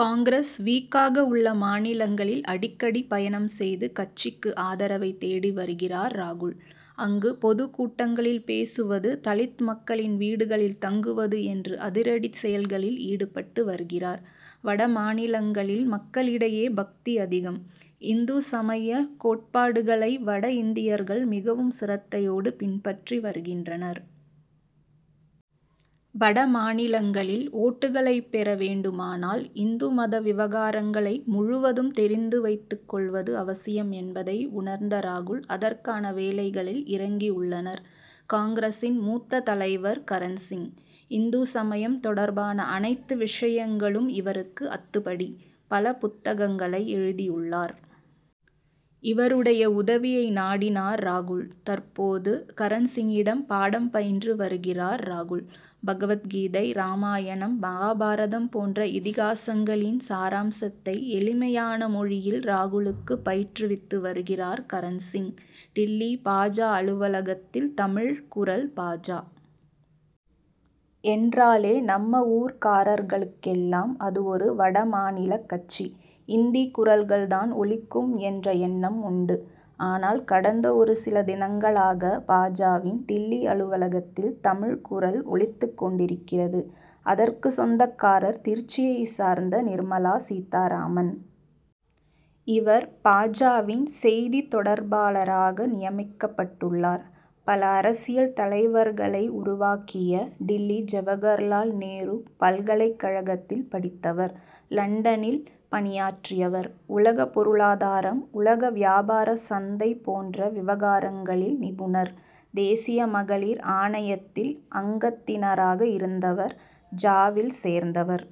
காங்கிரஸ் வீக்காக உள்ள மாநிலங்களில் அடிக்கடி பயணம் செய்து, கட்சிக்கு ஆதரவைத் தேடி வருகிறார் ராகுல். அங்கு பொதுக் கூட்டங்களில் பேசுவது தலித் மக்களின் வீடுகளில் தங்குவது என்று அதிரடி செயல்களில் ஈடுபட்டு வருகிறார். வட மாநிலங்களில், மக்களிடையே பக்தி அதிகம். இந்து சமய கோட்பாடுகளை, வட இந்தியர்கள் மிகவும் சிரத்தையோடு பின்பற்றி வருகின்றனர். வட மாநிலங்களில், ஓட்டுகளைப் பெற வேண்டுமானால் இந்து மத விவகாரங்களை முழுவதும், தெரிந்து வைத்துக் கொள்வது அவசியம் என்பதை உணர்ந்த ராகுல், அதற்கான வேலைகளில் இறங்கியுள்ளனர். காங்கிரசின் மூத்த தலைவர் கரண் சிங். இந்து சமயம் தொடர்பான அனைத்து விஷயங்களும், இவருக்கு அத்துபடி. பல புத்தகங்களை எழுதியுள்ளார். இவருடைய உதவியை நாடினார் ராகுல். தற்போது, கரண் சிங்கிடம் பாடம் பயின்று வருகிறார் ராகுல். பகவத் கீதை, ராமாயணம், மகாபாரதம் போன்ற இதிகாசங்களின் சாராம்சத்தை, எளிமையான மொழியில் ராகுலுக்கு பயிற்றுவித்து வருகிறார் கரண் சிங். டில்லி பா. ஜ., அலுவலகத்தில் தமிழ் குரல் பா. ஜ. என்றாலே, நம்ம ஊர்க்காரர்களுக்கெல்லாம் அது ஒரு வட மாநில கட்சி, இந்தி குரல்கள்தான் ஒலிக்கும் என்ற எண்ணம் உண்டு. ஆனால், கடந்த ஒரு சில தினங்களாக பா. ஜ.,வின் டில்லி அலுவலகத்தில் தமிழ் குரல் ஒலித்துக் கொண்டிருக்கிறது. அதற்கு சொந்தக்காரர் திருச்சியைச் சார்ந்த, நிர்மலா சீத்தாராமன். இவர், பா. ஜ.,வின் செய்தித் தொடர்பாளராக நியமிக்கப்பட்டுள்ளார். பல அரசியல் தலைவர்களை உருவாக்கிய, டில்லி ஜவகர்லால் நேரு பல்கலைக் கழகத்தில் படித்தவர். லண்டனில் பணியாற்றியவர். உலக பொருளாதாரம், உலக வியாபார சந்தை போன்ற விவகாரங்களில் நிபுணர். தேசிய மகளிர் ஆணையத்தில் அங்கத்தினராக இருந்தவர். ஜ.,வில் சேர்ந்தார்.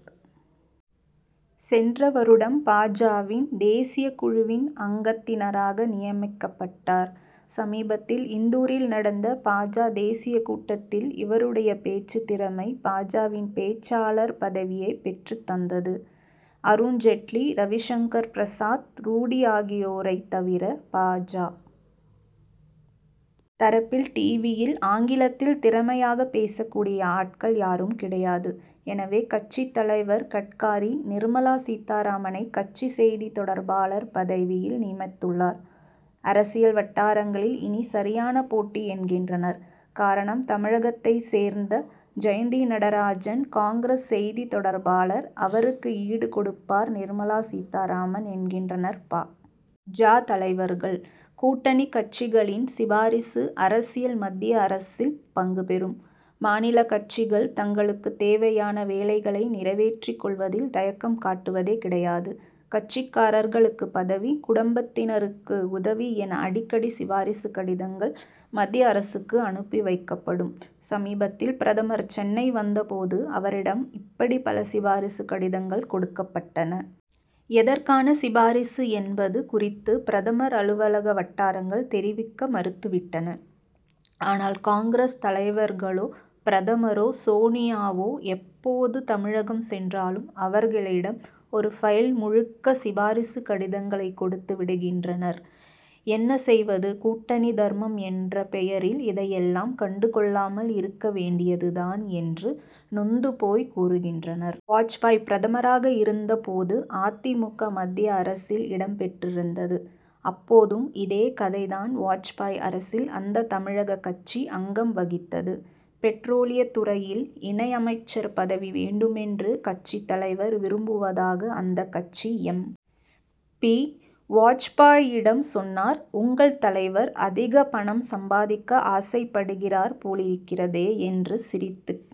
சென்ற வருடம் பா. ஜ.,வின் தேசிய குழுவின் அங்கத்தினராக நியமிக்கப்பட்டார். சமீபத்தில் இந்தூரில் நடந்த பா. ஜ., தேசிய கூட்டத்தில், இவருடைய பேச்சு திறமை பா. ஜ.,வின் பேச்சாளர் பதவியைப் பெற்றுத் தந்தது. அருண் ஜெட்லி, ரவிசங்கர் பிரசாத், ரூடி ஆகியோரைத் தவிர, பா. ஜ., தரப்பில் 'டிவி'யில் ஆங்கிலத்தில் திறமையாகப் பேசக் கூடிய ஆட்கள், யாரும் கிடையாது. எனவே, கட்சித் தலைவர் கட்காரி, நிர்மலா சீத்தாராமனை, கட்சி செய்தி தொடர்பாளர் பதவியில் நியமித்துள்ளார். அரசியல் வட்டாரங்களில், இனி சரியான போட்டி என்கின்றனர். காரணம், தமிழகத்தைச் சேர்ந்த ஜெயந்தி நடராஜன் காங்கிரஸ் செய்தி தொடர்பாளர், அவருக்கு ஈடு கொடுப்பார் நிர்மலா சீத்தாராமன் என்கின்றனர் பா. ஜ., தலைவர்கள். கூட்டணி கட்சிகளின் சிபாரிசு அரசியல் மத்திய அரசில் பங்கு பெறும், மாநிலக் கட்சிகள் தங்களுக்குத் தேவையான வேலைகளை நிறைவேற்றிக் கொள்வதில் தயக்கம் காட்டுவதே கிடையாது. கட்சிக்காரர்களுக்கு பதவி, குடும்பத்தினருக்கு உதவி என அடிக்கடி சிபாரிசு கடிதங்கள், மத்திய அரசுக்கு அனுப்பி வைக்கப்படும். சமீபத்தில் பிரதமர் சென்னை வந்த போது, அவரிடம் இப்படி பல சிபாரிசு கடிதங்கள் கொடுக்கப்பட்டன. எதற்கான சிபாரிசு என்பது குறித்து, பிரதமர் அலுவலக வட்டாரங்கள் தெரிவிக்க மறுத்துவிட்டன. ஆனால், காங்கிரஸ் தலைவர்களோ, பிரதமரோ, சோனியாவோ எப்போது தமிழகம் சென்றாலும், அவர்களிடம் ஒரு பைல் முழுக்க சிபாரிசு கடிதங்களைக் கொடுத்து விடுகின்றனர். 'என்ன செய்வது கூட்டணி தர்மம் என்ற பெயரில், இதையெல்லாம் கண்டுகொள்ளாமல் இருக்க வேண்டியதுதான்' என்று நொந்து போய் கூறுகின்றனர். வாஜ்பாய் பிரதமராக இருந்த போது அ. தி. மு. க., மத்திய அரசில் இடம் பெற்றிருந்தது. அப்போதும், இதே கதைதான். வாஜ்பாய் அரசில் அந்த தமிழக கட்சி அங்கம் வகித்தது. பெட்ரோலியத்துறையில், இணை அமைச்சர் பதவி வேண்டும் என்று, கட்சித் தலைவர் விரும்புவதாக அந்த கட்சி எம். பி., வாஜ்பாயிடம் சொன்னார். 'உங்கள் தலைவர் அதிக பணம் சம்பாதிக்க ஆசைப்படுகிறார் போலிருக்கிறதே? ' என்று சிரித்துக்